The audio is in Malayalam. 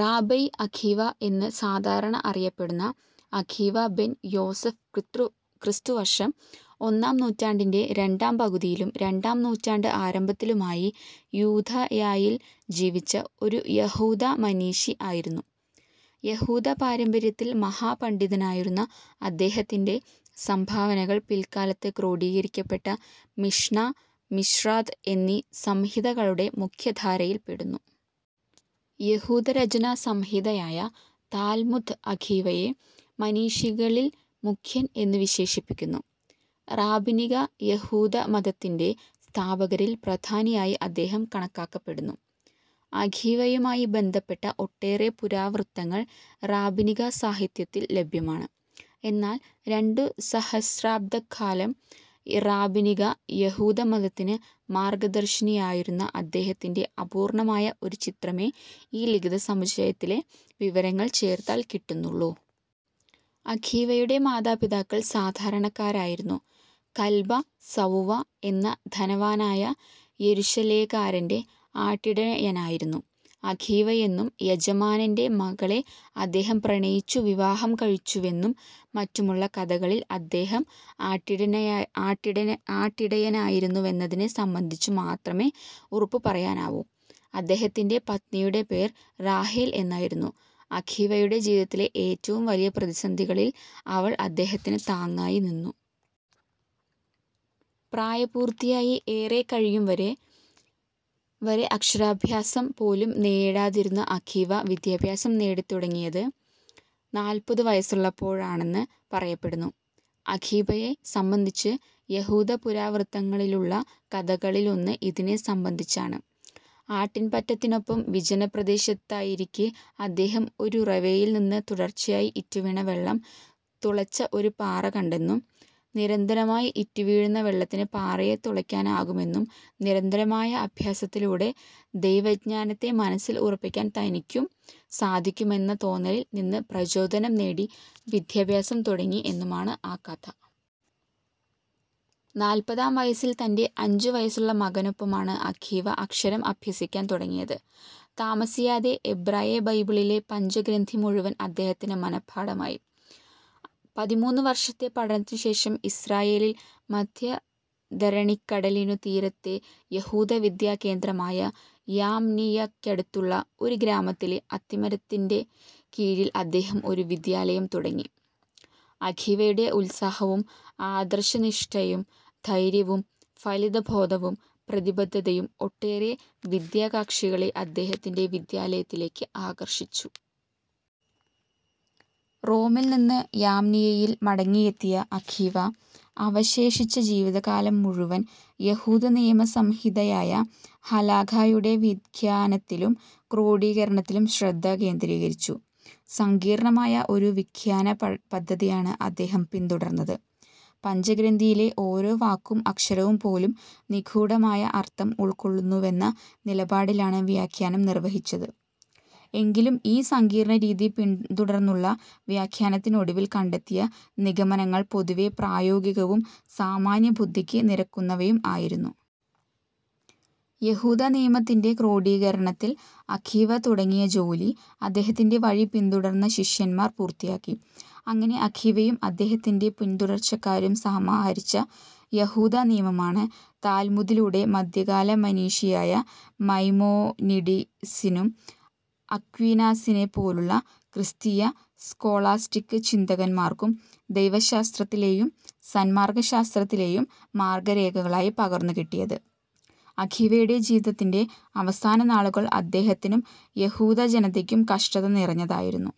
റാബൈ അഖീവ എന്ന് സാധാരണ അറിയപ്പെടുന്ന അഖീവ ബെൻ യോസെഫ് ക്രിസ്തുവർഷം ഒന്നാം നൂറ്റാണ്ടിന്റെ രണ്ടാം പകുതിയിലും രണ്ടാം നൂറ്റാണ്ട് ആരംഭത്തിലുമായി യൂദയായിൽ ജീവിച്ച ഒരു യഹൂദ മനീഷി ആയിരുന്നു. യഹൂദപാരമ്പര്യത്തിൽ മഹാപണ്ഡിതനായിരുന്ന അദ്ദേഹത്തിന്റെ സംഭാവനകൾ പിൽക്കാലത്ത് ക്രോഡീകരിക്കപ്പെട്ട മിഷ്നാ, മിദ്രാശ് എന്നീ സംഹിതകളുടെ മുഖ്യധാരയായിൽ പെടുന്നു. യഹൂദരചനാസംഹിതയായ താൽമുദ് അഖീവയെ മനീഷികളിൽ മുഖ്യൻ എന്നു വിശേഷിപ്പിക്കുന്നു. റാബിനിക യഹൂദമതത്തിന്റെ സ്ഥാപകരിൽ പ്രധാനിയായി അദ്ദേഹം കണക്കാക്കപ്പെടുന്നു. അഖീവയുമായി ബന്ധപ്പെട്ട ഒട്ടേറെ പുരാവൃത്തങ്ങൾ റാബിനിക സാഹിത്യത്തിൽ ലഭ്യമാണ്. എന്നാൽ രണ്ടുസഹസ്രാബ്ദക്കാലം റാബിനിക യഹൂദമതത്തിന് മാർഗദർശിയായിരുന്ന അദ്ദേഹത്തിന്റെ അപൂർണ്ണമായ ഒരു ചിത്രമേ ഈ ലിഖിതസമുച്ചയത്തിലെ വിവരങ്ങൾ ചേർത്താൽ കിട്ടുന്നുള്ളു. അഖീവയുടെ മാതാപിതാക്കൾ സാധാരണക്കാരായിരുന്നു. കൽബാ സവുവാ എന്ന ധനവാനായ യെരുശലേകാരന്റെ ആട്ടിടയനായിരുന്നു അഖീവയെന്നും യജമാനന്റെ മകളെ അദ്ദേഹം പ്രണയിച്ചു വിവാഹം കഴിച്ചുവെന്നും മറ്റുമുള്ള കഥകളിൽ അദ്ദേഹം ആട്ടിടയനായിരുന്നുവെന്നതിനെ സംബന്ധിച്ചു മാത്രമേ ഉറപ്പു പറയാനാവൂ. അദ്ദേഹത്തിന്റെ പത്നിയുടെ പേർ റാഹേൽ എന്നായിരുന്നു. അഖീവയുടെ ജീവിതത്തിലെ വലിയ പ്രതിസന്ധികളിൽ അവൾ അദ്ദേഹത്തിന് താങ്ങായി നിന്നു. പ്രായപൂർത്തിയായി ഏറെക്കഴിയുംവരെ വരെ അക്ഷരാഭ്യാസം പോലും നേടാതിരുന്ന അഖീവ വിദ്യാഭ്യാസം തുടങ്ങിയത് നാല്പതു വയസ്സുള്ളപ്പോഴാണെന്ന് പറയപ്പെടുന്നു. അഖീബയെ സംബന്ധിച്ച് യഹൂദപുരാവൃത്തങ്ങളിലുള്ള കഥകളിലൊന്ന് ഇതിനെ സംബന്ധിച്ചാണ്. അട്ടിൻപറ്റത്തിനൊപ്പം വിജനപ്രദേശത്തായിരിക്കെ അദ്ദേഹം ഒരുറവയിൽ നിന്ന് തുടർച്ചയായി ഇറ്റുവീണ വെള്ളം തുളച്ച ഒരു പാറ കണ്ടെന്നും, നിരന്തരമായി ഇറ്റുവീഴുന്ന വെള്ളത്തിന് പാറയെ തുളയ്ക്കാനാകുമെങ്കിൽ നിരന്തരമായ അഭ്യാസത്തിലൂടെ ദൈവജ്ഞാനത്തെ മനസ്സിൽ ഉറപ്പിക്കാൻ തനിക്കും സാധിക്കുമെന്ന തോന്നലിൽ നിന്ന് പ്രചോദനം നേടി വിദ്യാഭ്യാസം തുടങ്ങി എന്നുമാണ് ആ കഥ. നാല്പതാം വയസ്സിൽ തന്റെ അഞ്ചുവയസ്സുള്ള മകനൊപ്പമാണ് അഖീവ അക്ഷരം അഭ്യസിക്കാൻ തുടങ്ങിയത്. താമസിയാതെ എബ്രായബൈബിളിലെ പഞ്ചഗ്രന്ഥിമുഴുവൻ അദ്ദേഹത്തിന് മന:പാഠമായി. പതിമൂന്നു വർഷത്തെ പഠനത്തിനു ശേഷം ഇസ്രായേലിൽ മദ്ധ്യധരണിക്കടലിനു തീരത്തെ യഹൂദവിദ്യാകേന്ദ്രമായ യാംനിയക്കടുത്തുള്ള ഒരു ഗ്രാമത്തിലെ അത്തിമരത്തിൻ കീഴെ അദ്ദേഹം ഒരു വിദ്യാലയം തുടങ്ങി. അഖീവയുടെ ഉത്സാഹവും, ആദർശനിഷ്ടയും, ധൈര്യവും, ഫലിതബോധവും, പ്രതിബദ്ധതയും ഒട്ടേറെ വിദ്യാകാക്ഷികളെ അദ്ദേഹത്തിന്റെ വിദ്യാലയത്തിലേയ്ക്ക് ആകർഷിച്ചു. റോമിൽ നിന്ന് യാംനിയയിൽ മടങ്ങിയെത്തിയ അഖീവ, അവശേഷിച്ച ജീവിതകാലം മുഴുവൻ യഹൂദനിയമസംഹിതയായ ഹലാഖായുടെ വ്യാഖ്യാനത്തിലും ക്രോഡീകരണത്തിലും ശ്രദ്ധകേന്ദ്രീകരിച്ചു. സങ്കീർണ്ണമായ ഒരു വ്യാഖ്യാനപദ്ധതിയാണ് അദ്ദേഹം പിന്തുടർന്നത്. പഞ്ചഗ്രന്ഥിയിലെ ഓരോ വാക്കും, അക്ഷരവും പോലും നിഗൂഢമായ അർത്ഥം ഉൾക്കൊള്ളുന്നുവെന്ന നിലപാടിലാണ് വ്യാഖ്യാനം നിർവഹിച്ചത്. എങ്കിലും ഈ സങ്കീർണ്ണരീതി പിന്തുടർന്നുള്ള വ്യാഖ്യാനത്തിനൊടുവിൽ കണ്ടെത്തിയ നിഗമനങ്ങൾ പൊതുവേ പ്രായോഗികവും സാമാന്യബുദ്ധിക്ക് നിരക്കുന്നവയും ആയിരുന്നു. യഹൂദനിയമത്തിന്റെ ക്രോഡീകരണത്തിൽ അഖീവ തുടങ്ങിയ ജോലി, അദ്ദേഹത്തിന്റെ വഴി പിന്തുടർന്ന ശിഷ്യന്മാർ പൂർത്തിയാക്കി. അങ്ങനെ അഖീവയും അദ്ദേഹത്തിന്റെ പിന്തുടർച്ചക്കാരും സമാഹരിച്ച യഹൂദനിയമമാണ്, താൽമുദിലൂടെ മദ്ധ്യകാലമനീഷിയായ മൈമോനിഡിസിനും അക്വീനാസിനെപ്പോലുള്ള ക്രിസ്തീയ സ്കോളാസ്റ്റിക് ചിന്തകന്മാർക്കും ദൈവശാസ്ത്രത്തിലേയും സന്മാർഗ്ഗശാസ്ത്രത്തിലേയും മാർഗ്ഗരേഖകളായി പകർന്നുകിട്ടിയത്. അഖീവയുടെ ജീവിതത്തിന്റെ അവസാനനാളുകൾ അദ്ദേഹത്തിനും യഹൂദജനതയ്ക്കും കഷ്ടത നിറഞ്ഞതായിരുന്നു.